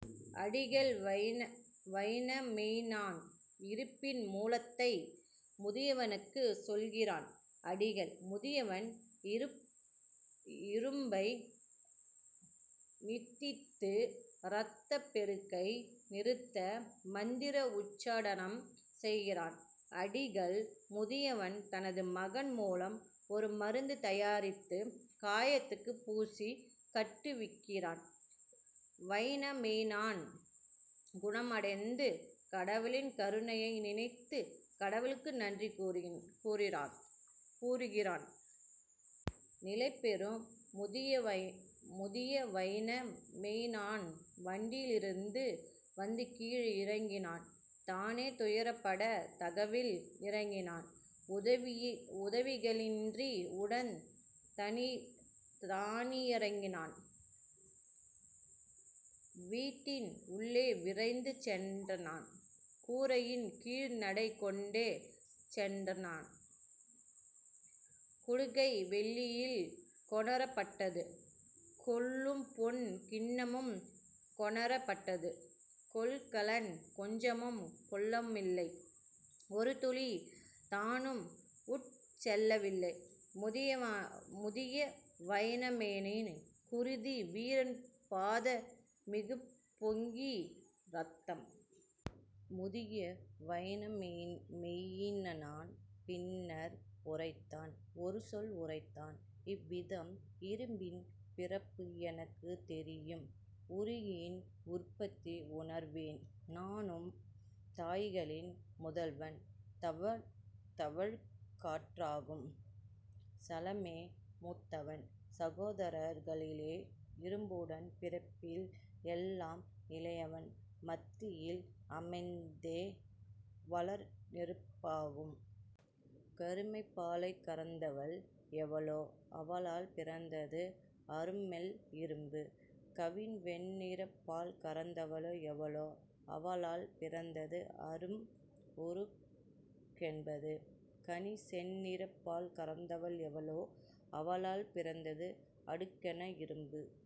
" அடிகள் வைனாமொயினன் இரும்பின் மூலத்தை முதியவனுக்குச் சொல்லுகிறான். அடிகள்: முதியவன் இரும்பை நிந்தித்து இரத்தப் பெருக்கை நிறுத்த மந்திர உச்சாடனம் செய்கிறான். அடிகள்: முதியவன் தனது மகன் மூலம் ஒரு மருந்து தயாரித்துக் காயத்துக்குப் பூசிக் கட்டுவிக்கிறான். வைனாமொயினன் குணமடைந்து, கடவுளின் கருணையை நினைத்துக் கடவுளுக்கு நன்றி கூறுகிறான். நிலைபெறும் முதிய வைனா மொயினன் வண்டியி லிருந்து வந்துகீ ழிறங்கினன் தானே துயர்ப்படாத் தகவில் இறங்கினன் உதவிக ளின்றி உடன்தா னிறங்கினன் வீட்டின் உள்ளே விரைந்து சென்றனன் கூரையின் கீழ்நடை கொண்டே சென்றனன். குடுக்கை வெள்ளியில் கொணரப் பட்டது கொளும்பொன் கிண்ணமும் கொணரப் பட்டது. கொள்கலன் கொஞ்சமும் கொள்ளவு மில்லை ஒருதுளி தானும் உட்செல வில்லை முதிய வைனா மொயினனின் குருதி வீரன் பாத மிகுபொங் கிரத்தம். " முதிய வைனா மொயினன் பின்னர் உரைத்தான் ஒருசொல் உரைத்தான் இவ்விதம்: "இரும்பின் பிறப்பு எனக்குத் தெரியும் உருக்கின்உற் பத்தி உணர்வேன் நானும் தாய்களின் முதலவள் தவழ்காற் றாகும் சலமே மூத்தவன் சகோதரர் களிலே இரும்புடன் பிறப்பில் எல்லாம் இளையவன் மத்தியில் அமைந்ததே வளர்நெருப் பாகும். கருமைப் பாலைக் கறந்தவள் எவளோ அவளால் பிறந்தது அருமெல் இரும்பு; கவின்வெண் ணிறப்பால் கறந்தவள் எவளோ அவளால் பிறந்தது அரும்உருக் கென்பது; கனிசெந் நிறப்பால் கறந்தவள் எவளோ அவளால் பிறந்தது அடுகன இரும்பு.